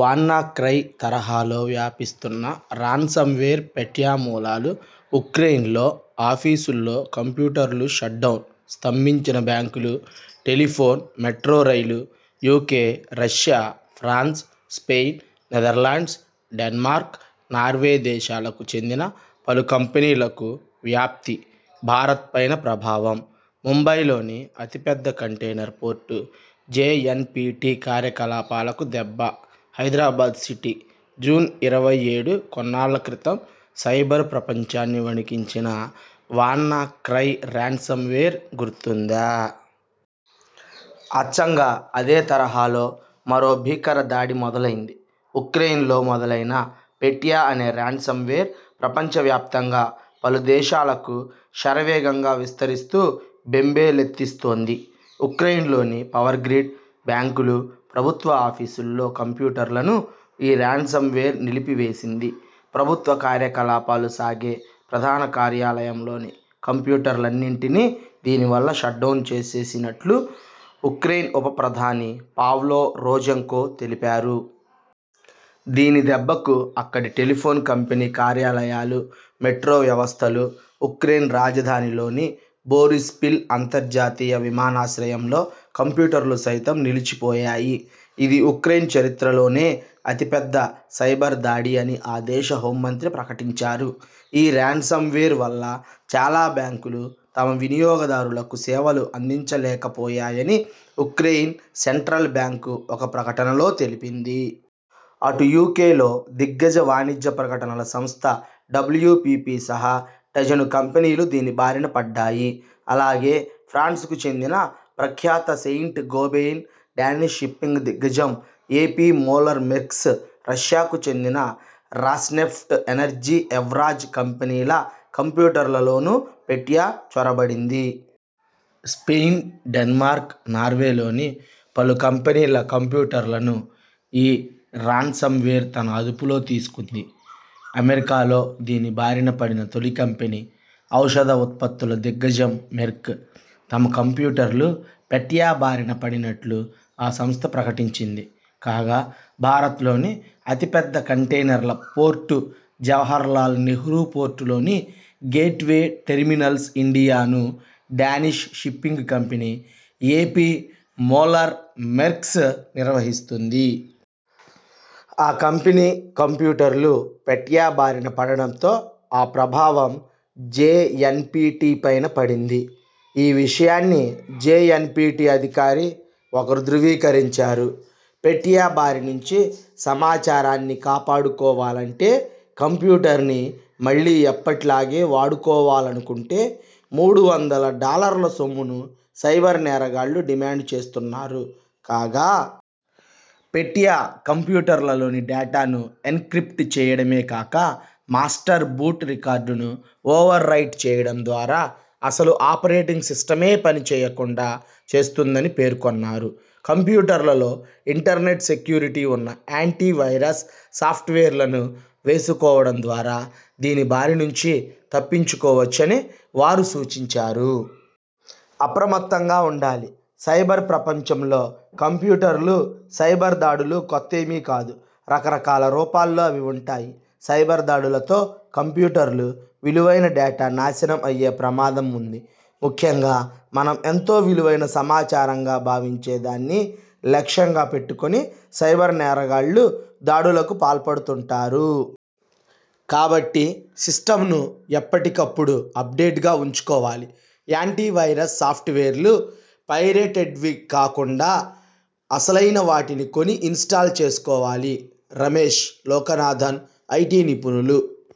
వాన్నా cry' తరహాలో వ్యాపిస్తున్న ransomware పెట్యామూలాలు ఉక్రెయిన్లో.. ఆఫీసుల్లో కంప్యూటర్లు షట్డౌన్.. స్తంభించిన బ్యాంకులు, టెలిఫోన్, మెట్రో రైలుయూకే, Russia, France, Spain, Netherlands, Denmark, Norway దేశాలకు చెందిన పలు కంపెనీలకూ వ్యాప్తి భారత్ పైన ప్రభావం.. ముంబైలోని అతిపెద్ద కంటెయినర్ పోర్ట్ జేఎన్పీటీ కార్యకలాపాలకు దెబ్బ హైదరాబాద్ సిటీ, జూన్ ఇరవై ఏడు కొన్నాళ్ల క్రితం సైబర్ ప్రపంచాన్ని వణికించిన 'వాన్నా క్రై' రాన్సమ్ వేర్ గుర్తుందా? అచ్చంగా అదే తరహాలో మరో భీకర దాడి మొదలైంది. ఉక్రెయిన్లో మొదలైన 'పెట్యా' అనే రాన్సమ్వేర్ ప్రపంచవ్యాప్తంగా పలు దేశాలకు శరవేగంగా విస్తరిస్తూ బెంబేలెత్తిస్తోంది. ఉక్రెయిన్లోని పవర్గ్రిడ్, బ్యాంకులు, ప్రభుత్వ ఆఫీసుల్లో కంప్యూటర్లను ఈ రాన్సమ్వేర్ నిలిపివేసింది. ప్రభుత్వ కార్యకలాపాలు సాగే ప్రధాన కార్యాలయంలోని కంప్యూటర్లన్నిటినీ దీనివల్ల షట్డౌన్ చేసేసినట్టు ఉక్రెయిన్ ఉప ప్రధాని పావ్లో రోజెంకో తెలిపారు. దీని దెబ్బకు అక్కడి టెలిఫోన్ కంపెనీ కార్యాలయాలు, మెట్రో వ్యవస్థలు, ఉక్రెయిన్ రాజధానిలోని బోరిస్పిల్ అంతర్జాతీయ విమానాశ్రయంలో కంప్యూటర్లు సైతం నిలిచిపోయాయి. ఇది ఉక్రెయిన్ చరిత్రలోనే అతిపెద్ద సైబర్ దాడి అని ఆ దేశ హోం మంత్రి ప్రకటించారు. ఈ రాన్సమ్వేర్ వల్ల చాలా బ్యాంకులు తమ వినియోగదారులకు సేవలు అందించలేకపోయాయని ఉక్రెయిన్ సెంట్రల్ బ్యాంకు ఒక ప్రకటనలో తెలిపింది. అటు యూకేలో.. దిగ్గజ వాణిజ్యప్రకటనల సంస్థ డబ్ల్యూపీపీ సహా డజను కంపెనీలు దీని బారిన పడ్డాయి. అలాగే, ఫ్రాన్స్ కు చెందిన ప్రఖ్యాత సెయింట్ గోబెయిన్, డానిష్ షిప్పింగ్ దిగ్గజం ఏపీ మోలర్-మెర్స్క్, రష్యాకు చెందిన రాస్నెఫ్ట్ ఎనర్జీ, ఎవ్రాజ్ కంపెనీల కంప్యూటర్లలోనూ 'పెట్యా' చొరబడింది. స్పెయిన్ డెన్మార్క్, నార్వేలోని పలు కంపెనీల కంప్యూటర్లను ఈ రాన్సమ్వేర్ తన అదుపులోకి తీసుకుంది. అమెరికాలో దీని బారిన పడిన తొలి కంపెనీ.. ఔషధ ఉత్పత్తుల దిగ్గజం మెర్క్. తమ కంప్యూటర్లు పెట్యాబారిన పడినట్టు ఆ సంస్థ ప్రకటించింది. కాగా.. భారత్లోని అతి పెద్ద కంటెయినర్ల పోర్టు జవహర్లాల్ నెహ్రూ పోర్ట్ లోని 'గేట్వే టెర్మినల్స్ ఇండియా 'ను Danish shipping company AP Moller Maersk నిర్వహిస్తోంది. ఆ కంపెనీ కంప్యూటర్లు పెట్యా బారిన పడటంతో ఆ ప్రభావం జేఎన్పీటీపైనా పడింది. ఈ విషయాన్ని జేఎన్పీటీ అధికారి ఒకరు ధ్రువీకరించారు. పెట్యా బారి నుంచి సమాచారాన్ని కాపాడుకోవాలంటే కంప్యూటర్ని మళ్లీ ఎప్పటిలాగా వాడుకోవాలనుకుంటే.. మూడు వందల డాలర్ల సొమ్మును సైబర్ నేరగాళ్లు డిమాండ్ చేస్తున్నారు కాగా. పెట్యా కంప్యూటర్లలోని డేటాను ఎన్క్రిప్ట్ చేయడమే కాక. మాస్టర్ బూట్ రికార్డును ఓవర్ రైట్ చేయడం ద్వారా అసలు ఆపరేటింగ్ సిస్టమే పనిచేయకుండా చేస్తుందని పేర్కొన్నారు. కంప్యూటర్లలో ఇంటర్నెట్ సెక్యూరిటీ ఉన్న యాంటీ వైరస్ సాఫ్ట్వేర్లను వేసుకోవడం ద్వారా దీని బారి నుంచి తప్పించుకోవచ్చని వారు సూచించారు. అప్రమత్తంగా ఉండాలిసైబర్ ప్రపంచంలో కంప్యూటర్ల్ సైబర్ దాడులు కొత్తేమి కాదు. రకరకాల రూపాల్లో అవి ఉంటాయి. సైబర్ దాడులతో కంప్యూటర్లు, విలువైన డేటా నాశనం అయ్యే ప్రమాదం ఉంది. ముఖ్యంగా మనం ఎంతో విలువైన సమాచారంగా భావించే దాన్ని లక్ష్యంగా పెట్టుకొని సైబర్ నేరగాళ్లు దాడులకు పాల్పడుతుంటారు. కాబట్టి సిస్టమ్ ను ఎప్పటికప్పుడు అప్డేట్ గా ఉంచుకోవాలి. యాంటీవైరస్ సాఫ్ట్వేర్లు పైరేటెడ్వి కాకుండా అసలైనవాటిని కొని ఇన్స్టాల్ చేసుకోవాలి. -రమేష్ లోకనాథన్, ఐటీ నిపుణులు